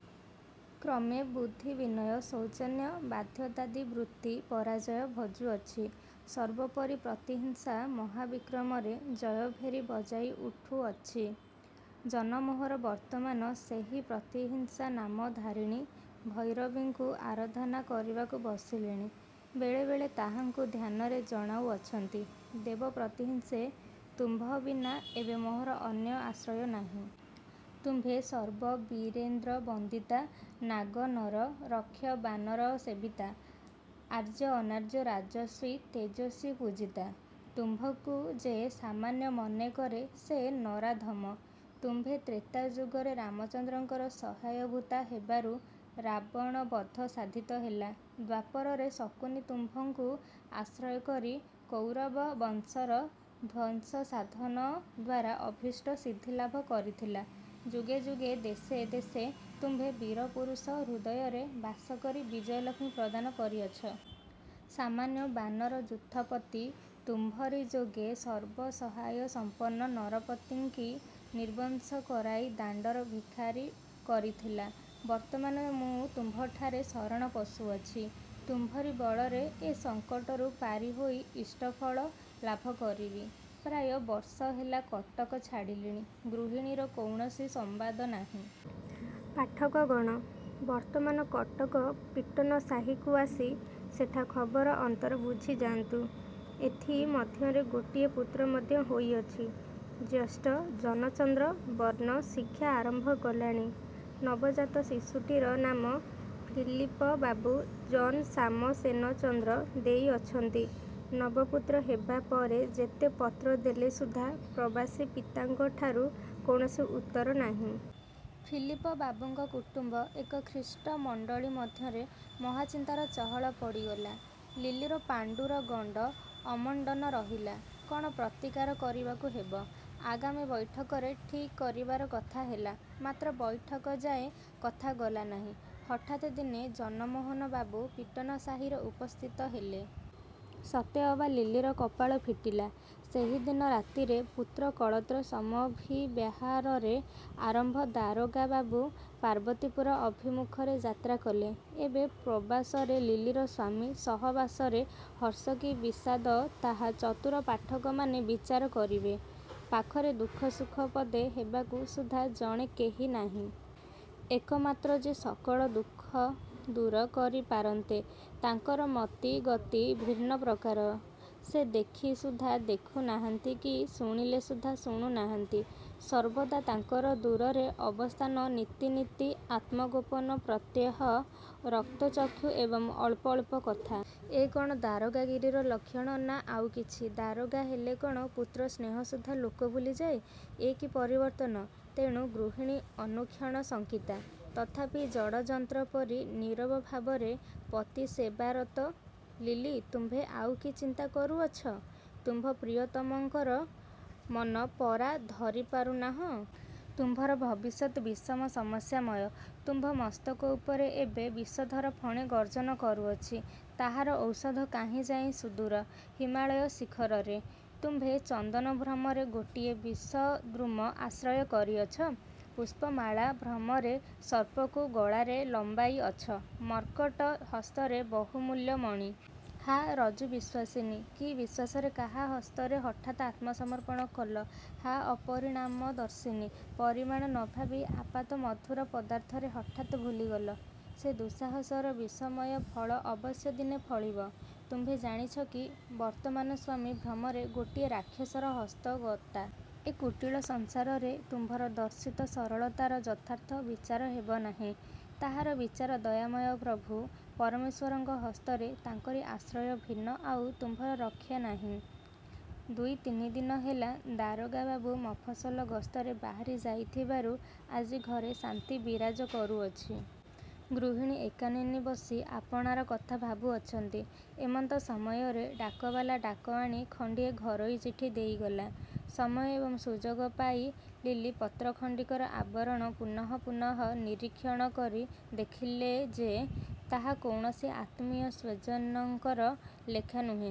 କ୍ରମେ ବୁଦ୍ଧି ବିନୟ ସୌଜନ୍ୟ ବାଧ୍ୟତାଦି ବୃତ୍ତି ପରାଜୟ ଭଜୁଅଛି। ସର୍ବୋପରି ପ୍ରତିହିଂସା ମହାବିକ୍ରମରେ ଜୟଭେରୀ ବଜାଇ ଉଠୁଅଛି। ଜନମୋହନ ବର୍ତ୍ତମାନ ସେହି ପ୍ରତିହିଂସାନାମଧାରିଣୀ ଭୈରବୀଙ୍କୁ ଆରାଧନା କରିବାକୁ ବସିଲେଣି। ବେଳେ ବେଳେ ତାହାଙ୍କୁ ଧ୍ୟାନରେ ଜଣାଉଅଛନ୍ତି। 'ଦେବ ପ୍ରତିହିଂସେ! ତୁମ୍ଭ ବିନା ଏବେ ମୋହର ଅନ୍ୟ ଆଶ୍ରୟ ନାହିଁ। ତୁମ୍ଭେ ସର୍ବବୀରେନ୍ଦ୍ରବନ୍ଦିତା, ନାଗ-ନର-ରକ୍ଷ-ବାନରସେବିତା, ଆର୍ଯ୍ୟ-ଅନାର୍ଯ୍ୟ-ରଜସ୍ୱି-ତେଜସ୍ୱି-ପୂଜିତା। ତୁମ୍ଭଙ୍କୁ ଯେ ସାମାନ୍ୟ ମନେ କରେ, ସେ ନରାଧମ। ତୁମ୍ଭେ ତ୍ରେତାଯୁଗରେ ରାମଚନ୍ଦ୍ରଙ୍କର ସହାୟଭୂତା ହେବାରୁ ରାବଣବଧ ସାଧିତ ହେଲା। ଦ୍ୱାପରରେ ଶକୁନି ତୁମ୍ଭଙ୍କୁ ଆଶ୍ରୟ କରି କୌରବବଂଶର ଧ୍ୱଂସସାଧନଦ୍ୱାରା ଅଭୀଷ୍ଟ ସିଦ୍ଧି ଲାଭ କରିଥିଲା ଯୁଗେ ଯୁଗେ ଦେଶେ ଦେଶେ ତୁମ୍ଭେ ବୀରପୁରୁଷ ହୃଦୟରେ ବାସ କରି ବିଜୟଲକ୍ଷ୍ମୀ ପ୍ରଦାନ କରିଅଛ। ସାମାନ୍ୟ ବାନରଯୂଥପତି ତୁମ୍ଭରି ଯୋଗେ ସର୍ବସହାୟସମ୍ପନ୍ନ ନରପତିଙ୍କି ନିର୍ବଂଶ କରାଇ ଦାଣ୍ତର ଭିଖାରୀ କରିଥିଲା। ବର୍ତ୍ତମାନ ମୁଁ ତୁମ୍ଭଠାରେ ଶରଣ ପଶୁଅଛି। ତୁମ୍ଭରି ବଳରେ ଏ ସଙ୍କଟରୁ ପାରି ହୋଇ ଇଷ୍ଟଫଳ ଲାଭ କରିବି। ପ୍ରାୟ ବର୍ଷ ହେଲା କଟକ ଛାଡ଼ିଲିଣି। ଗୃହିଣୀର କୌଣସି ସମ୍ୱାଦ ନାହିଁ। ପାଠକଗଣ! ବର୍ତ୍ତମାନ କଟକ ପିଟନ ସାହିକୁ ଆସି ସେଠା ଖବର ଅନ୍ତର ବୁଝିଯାନ୍ତୁ। ଏଥି ମଧ୍ୟରେ ଗୋଟିଏ ପୁତ୍ର ମଧ୍ୟ ହୋଇଅଛି। ଜ୍ୟେଷ୍ଠ ଜନଚନ୍ଦ୍ର ବର୍ଣ୍ଣ ଶିକ୍ଷା ଆରମ୍ଭ କଲାଣି। ନବଜାତ ଶିଶୁଟିର ନାମ ଫିଲିପ ବାବୁ ଜନ୍ ସାମସେନଚନ୍ଦ୍ର ଦେଇଅଛନ୍ତି। ନବ ପୁତ୍ର ହେବା ପରେ ଯେତେ ପତ୍ରଦେଲେ ସୁଦ୍ଧା ପ୍ରବାସୀ ପିତାଙ୍କଠାରୁ କୌଣସି ଉତ୍ତର ନାହିଁ। ଫିଲିପ ବାବୁଙ୍କ କୁଟୁମ୍ୱ ଏବଂ ଖ୍ରୀଷ୍ଟମଣ୍ତଳୀ ମଧ୍ୟରେ ମହାଚିନ୍ତାର ଚହଳ ପଡ଼ିଗଲା। ଲିଲିର ପାଣ୍ତୁର ଗଣ୍ତ ଅମଣ୍ତନ ରହିଲା। କଣ ପ୍ରତୀକାର କରିବାକୁ ହେବ, ଆଗାମୀ ବୈଠକରେ ଠିକ କରିବାର କଥା ହେଲା; ମାତ୍ର ବୈଠକଯାଏ କଥା ଗଲା ନାହିଁ। ହଠାତ୍ ଦିନେ ଜନମୋହନ ବାବୁ ପିଟନସାହିରେ ଉପସ୍ଥିତ ହେଲେ। ସତେ ଅବା ଲିଲିର କପାଳ ଫିଟିଲା। ସେହି ଦିନ ରାତିରେ ପୁତ୍ରକଳତ୍ର ସମଭିବ୍ୟାହାରରେ ଆମ୍ଭର ଦାରୋଗା ବାବୁ ପାର୍ବତୀପୁର ଅଭିମୁଖରେ ଯାତ୍ରା କଲେ। ଏବେ ପ୍ରବାସରେ ଲିଲିର ସ୍ୱାମିସହବାସରେ ହର୍ଷ କି ବିଷାଦ, ତାହା ଚତୁର ପାଠକମାନେ ବିଚାର କରିବେ-। ପାଖରେ ଦୁଃଖ ସୁଖ ପଦେ ହେବାକୁ ସୁଦ୍ଧା ଜଣେ କେହି ନାହିଁ। ଏକମାତ୍ର ଯେ ସକଳ ଦୁଃଖ ଦୂର କରି ପାରନ୍ତେ, ତାଙ୍କର ମତି ଗତି ଭିନ୍ନପ୍ରକାର। ସେ ଦେଖି ସୁଦ୍ଧା ଦେଖୁ ନାହାନ୍ତି କି ଶୁଣିଲେ ସୁଦ୍ଧା ଶୁଣୁ ନାହାଁନ୍ତି। ସର୍ବଦା ତାଙ୍କର ଦୂରରେ ଅବସ୍ଥାନ ନିତି ନିତି ଆତ୍ମଗୋପନ ପ୍ରତ୍ୟହ ରକ୍ତଚକ୍ଷୁ ଏବଂ ଅଳ୍ପ ଅଳ୍ପ କଥା! ଏ କଣ ଦାରୋଗାଗିରିର ଲକ୍ଷଣ, ନା ଆଉ କିଛି? ଦାରୋଗା ହେଲେ କଣ ପୁତ୍ରସ୍ନେହ ସୁଦ୍ଧା ଲୋକ ଭୁଲିଯାଏ। ଏ କି ପରିବର୍ତ୍ତନ! ତେଣୁ ଗୃହିଣୀ ଅନୁକ୍ଷଣ ଶଙ୍କିତା। ତଥାପି ଜଡ଼-ଯନ୍ତ୍ର ପରି ନୀରବଭାବରେ ପତିସେବାରତା। ଲିଲି! ତୁମ୍ଭେ ଆଉ କି ଚିନ୍ତା କରୁଅଛ? ତୁମ୍ଭର ପ୍ରିୟତମଙ୍କର ମନ ପରା ଧରି ପାରୁନାହଁ-? ତୁମ୍ଭର ଭବିଷ୍ୟତ୍ ବିଷମ ସମସ୍ୟାମୟ। ତୁମ୍ଭ ମସ୍ତକ ଉପରେ ଏବେ ବିଷଧର ଫଣୀ ଗର୍ଜନ କରୁଅଛି। ତାହାର ଔଷଧ କାହିଁ ଯାଇଁ ସୁଦୂର ହିମାଳୟଶିଖରରେ। ତୁମ୍ଭେ ଚନ୍ଦନଭ୍ରମରେ ଗୋଟିଏ ବିଷଦ୍ରୁମ ଆଶ୍ରୟ କରିଅଛ! ପୁଷ୍ପମାଳା ଭ୍ରମରେ ସର୍ପକୁ ଗଳାରେ ଲମ୍ବାଇ ଅଛ। ମର୍କଟ ହସ୍ତରେ ବହୁମୂଲ୍ୟ ମଣି। ହା ଋଜୁବିଶ୍ୱାସିନି! କି ବିଶ୍ୱାସରେ କାହା ହସ୍ତରେ ହଠାତ୍ ଆତ୍ମସମର୍ପଣ କଲ? ହା ଅପରିଣାମଦର୍ଶିନି! ପରିଣାମ ନ ଭାବି ଆପାତମଧୁର ପଦାର୍ଥରେ ହଠାତ୍ ଭୁଲିଗଲ! ସେ ଦୁଃସାହସର ବିଷମୟ ଫଳ ଅବଶ୍ୟ ଦିନେ ଫଳିବ! ତୁମ୍ଭେ ଜାଣିଛ କି ବର୍ତ୍ତମାନ ସ୍ୱାମୀ ଭ୍ରମରେ ଗୋଟିଏ ରାକ୍ଷସର ହସ୍ତଗତା? ଏ କୁଟିଳ ସଂସାରରେ ତୁମ୍ଭର ଦର୍ଶିତ ସରଳତାର ଯଥାର୍ଥ ବିଚାର ହେବ ନାହିଁ। ତାହାର ବିଚାର ଦୟାମୟ ପ୍ରଭୁ ପରମେଶ୍ୱରଙ୍କ ହସ୍ତରେ ତାଙ୍କରି ଆଶ୍ରୟ ଭିନ୍ନ ଆଉ ତୁମ୍ଭର ରକ୍ଷା ନାହିଁ। ଦୁଇ ତିନି ଦିନ ହେଲା ଦାରୋଗା ବାବୁ ମଫସଲ ଗସ୍ତରେ ବାହାରି ଯାଇଥିବାରୁ ଆଜି ଘରେ ଶାନ୍ତି ବିରାଜ କରୁଅଛି। ଗୃହିଣୀ ଏକାକିନୀ ବସି ଆପଣାର କଥା ଭାବୁଅଛନ୍ତି- ଏମନ୍ତ ସମୟରେ ଡାକବାଲା ଡାକ ଆଣି ଖଣ୍ଡିଏ ଘରୋଇ ଚିଠି ଦେଇ ଗଲା। ସମୟ ଏବଂ ସୁଯୋଗ ପାଇ ଲିଲି ପତ୍ରଖଣ୍ଡିକର ଆବରଣ ପୁନଃ ପୁନଃ ନିରୀକ୍ଷଣ କରି ଦେଖିଲେ ଯେ, ତାହା କୌଣସି ଆତ୍ମୀୟ ସ୍ୱଜନଙ୍କର ଲେଖା ନୁହେଁ।